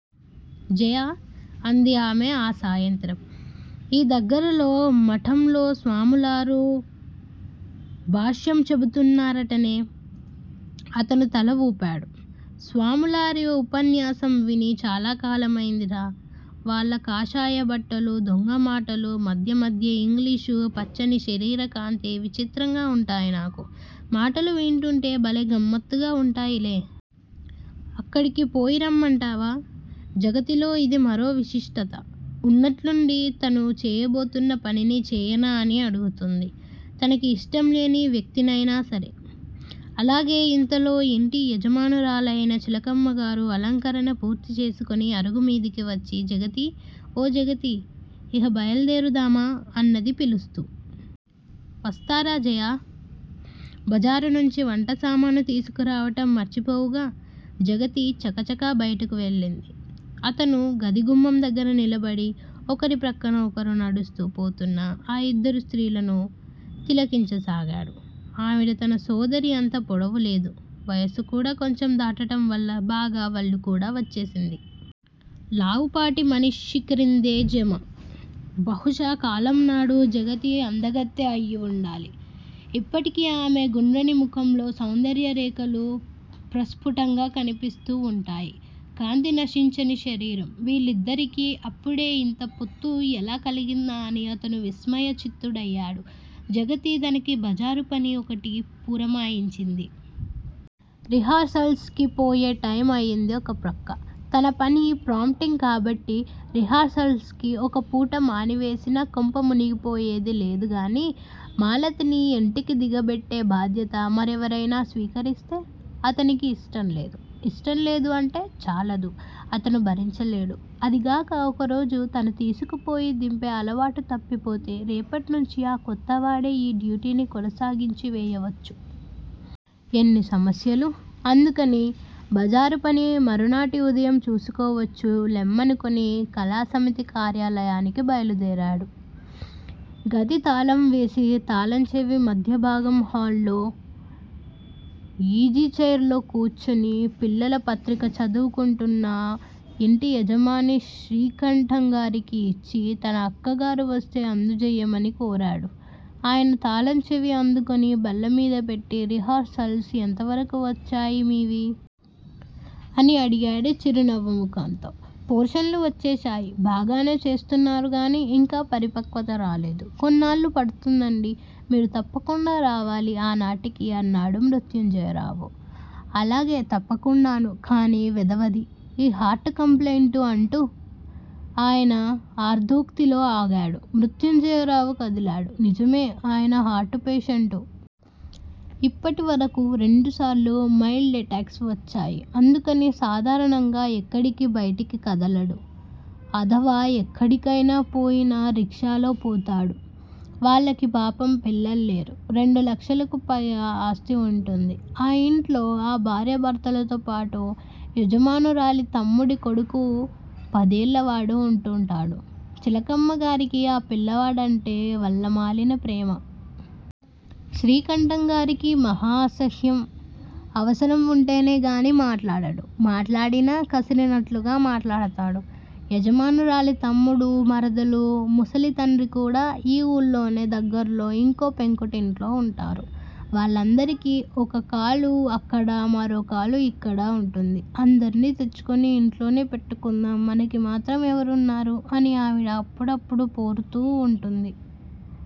జయా! అంది ఆమె ఆ సాయంత్రం. ఈ దగ్గరలో మఠంలో స్వాములారు భాష్యం చెబుతున్నారటనే. అతను తల వూపాడు. స్వాములారి ఉపన్యాసం విని చాలాకాలమయిందిరా. వాళ్ళ కాషాయ బట్టలూ, దొంగమాటలూ, మధ్యమధ్య యింగ్లీషూ, పచ్చని శరీరకాంతీ విచిత్రంగా వుంటాయి నాకు. మాటలు వింటూంటే భలే గమ్మత్తుగా వుంటాయిలే. అక్కడికి పోయిరమ్మంటావా? జగతిలో యిది మరో విశిష్టత. ఉన్నట్లుండి తను చేయబోతున్న పనినే చేయనా అని అడుగుతుంది. తనకి యిష్టంలేని వ్యక్తినైనాసరే. అలాగే ఇంతలో యింటి యజమానురాలయిన చిలకమ్మగారు అలంకరణ పూర్తి చేసుకుని అరుగుమీదికి వచ్చి జగతీ! ఓ జగతీ! ఇహ బయల్దేరుదామా? అన్నది పిలుస్తూ. వస్తారా జయా! బజారునుంచి వంటసామాను తీసుకురావటం మరిచిపోవుగా? జగతి చకచకా బయటకు వెళ్ళింది. అతను గదిగుమ్మం దగ్గర నిలబడి ఒకరి ప్రక్కన ఒకరు నడుస్తూ పోతున్న ఆ యిద్దరు స్త్రీలనూ తిలకించసాగాడు. ఆవిడ తన సోదరి అంత పొడవులేదు. వయసుకూడా కొంచెం దాటటంవల్ల బాగా వళ్లుకూడా వచ్చింది. లావుపాటి మనిషిక్రిందే జమ. బహుశా కాలంనాడు జగతి అందగత్తె అయివుండాలి. ఇప్పటికి ఆమె గుండ్రని ముఖంలో సౌందర్యరేఖలు ప్రస్ఫుటంగా కనిపిస్తూ వుంటాయి. కాంతి నశించని శరీరం. వీళ్ళిద్దరికీ అప్పుడే యింత పొత్తు ఎలా కలిగిందా అని అతను విస్మయచిత్తుడయాడు. జగతి తనకి బజారుపని ఒకటి పురమాయించింది. రిహార్సల్సుకి పోయే టైము అయింది ఒకప్రక్క. తనపని ప్రాంప్టింగ్ కాబట్టి రిహార్సల్సుకి ఒకపూట మానివేసినా కొంప మునిగిపోయేది లేదుగాని, మాలతిని యింటికి దిగబెట్టే బాధ్యత మరెవరైనా స్వీకరిస్తే? అతనికి యిష్టంలేదు. ఇష్టంలేదు అంటే చాలదు. అతను భరించలేడు. అదిగాక ఒకరోజు తను తీసుకుపోయి దింపే అలవాటు తప్పిపోతే, రేపటినుంచీ ఆ కొత్తవాడే ఈ డ్యూటీని కొనసాగించివేయవచ్చు. ఎన్ని సమస్యలూ. అందుకని బజారుపని మరునాటి ఉదయం చూసుకోవచ్చు లెమ్మనుకుని కళాసమితి కార్యాలయానికి బయలుదేరాడు. గది తాళంవేసి, తాళంచెవి మధ్యభాగం హాల్లో యీజీచైర్ లో కూర్చుని పిల్లల పత్రిక చదువుకుంటూన్న యింటియజమాని శ్రీకంఠంగారికి యిచ్చి తన అక్కగారు వొస్తే అందజెయ్యమని కోరాడు. ఆయన తాళంచెవి అందుకుని బల్లమీదపెట్టి రిహార్సల్స్ ఎంతవరకూ వచ్చాయి మీవి? అని అడిగాడు చిరునవ్వు ముఖంతో. పోర్షన్లు వచ్చేశాయి. బాగానే చేస్తున్నారుగానీ యింకా పరిపక్వత రాలేదు. కొన్నాళ్ళు పడుతుందండీ. మీరు తప్పకుండా రావాలి ఆనాటికి అన్నాడు మృత్యుంజయరావు. అలాగే తప్పకుండానూ, కాని వెధవది ఈ హార్టుకంప్లెయింటు అంటూ ఆయన ఆర్దోక్తిలో ఆగాడు. మృత్యుంజయరావు కదిలాడు. నిజమే, ఆయన హార్టు పేషెంటు. ఇప్పటివరకూ రెండుసార్లు మైల్డ్ ఎటాక్స్ వచ్చాయి. అందుకని సాధారణంగా ఎక్కడికీ బయటికి కదలడు. అధవా ఎక్కడికైనా పోయినా రిక్షాలో పోతాడు. వాళ్ళకి పాపం పిల్లలులేరు. రెండులక్షలకు పైగా ఆస్తివుంటుంది. ఆ యింట్లో ఆ భార్యాభర్తలతోపాటు యజమానురాలి తమ్ముడి కొడుకు పదేళ్ళవాడు వుంటూంటాడు. చిలకమ్మగారికి ఆ పిల్లవాడంటే వల్లమాలిన ప్రేమ. శ్రీకంఠంగారికి మహా అసహ్యం. అవసరం వుంటేనేగాని మాట్లాడడు. మాట్లాడినా కసిరినట్లుగా మాట్లాడతాడు. యజమానురాలి తమ్ముడూ, మరదలూ, ముసలితండ్రికూడా యీ ఊళ్ళోనే దగ్గర్లో యింకో పెంకుటింట్లో వుంటారు. వాళ్ళందరికీ ఒకకాలు అక్కడా, మరోకాలు యిక్కడా వుంటుంది. అందర్నీ తెచ్చుకుని యింట్లోనే పెట్టుకుందాం, మనకిమాత్రం ఎవరున్నారు? అని ఆవిడ అప్పుడప్పుడూ పోరుతూ వుంటుంది.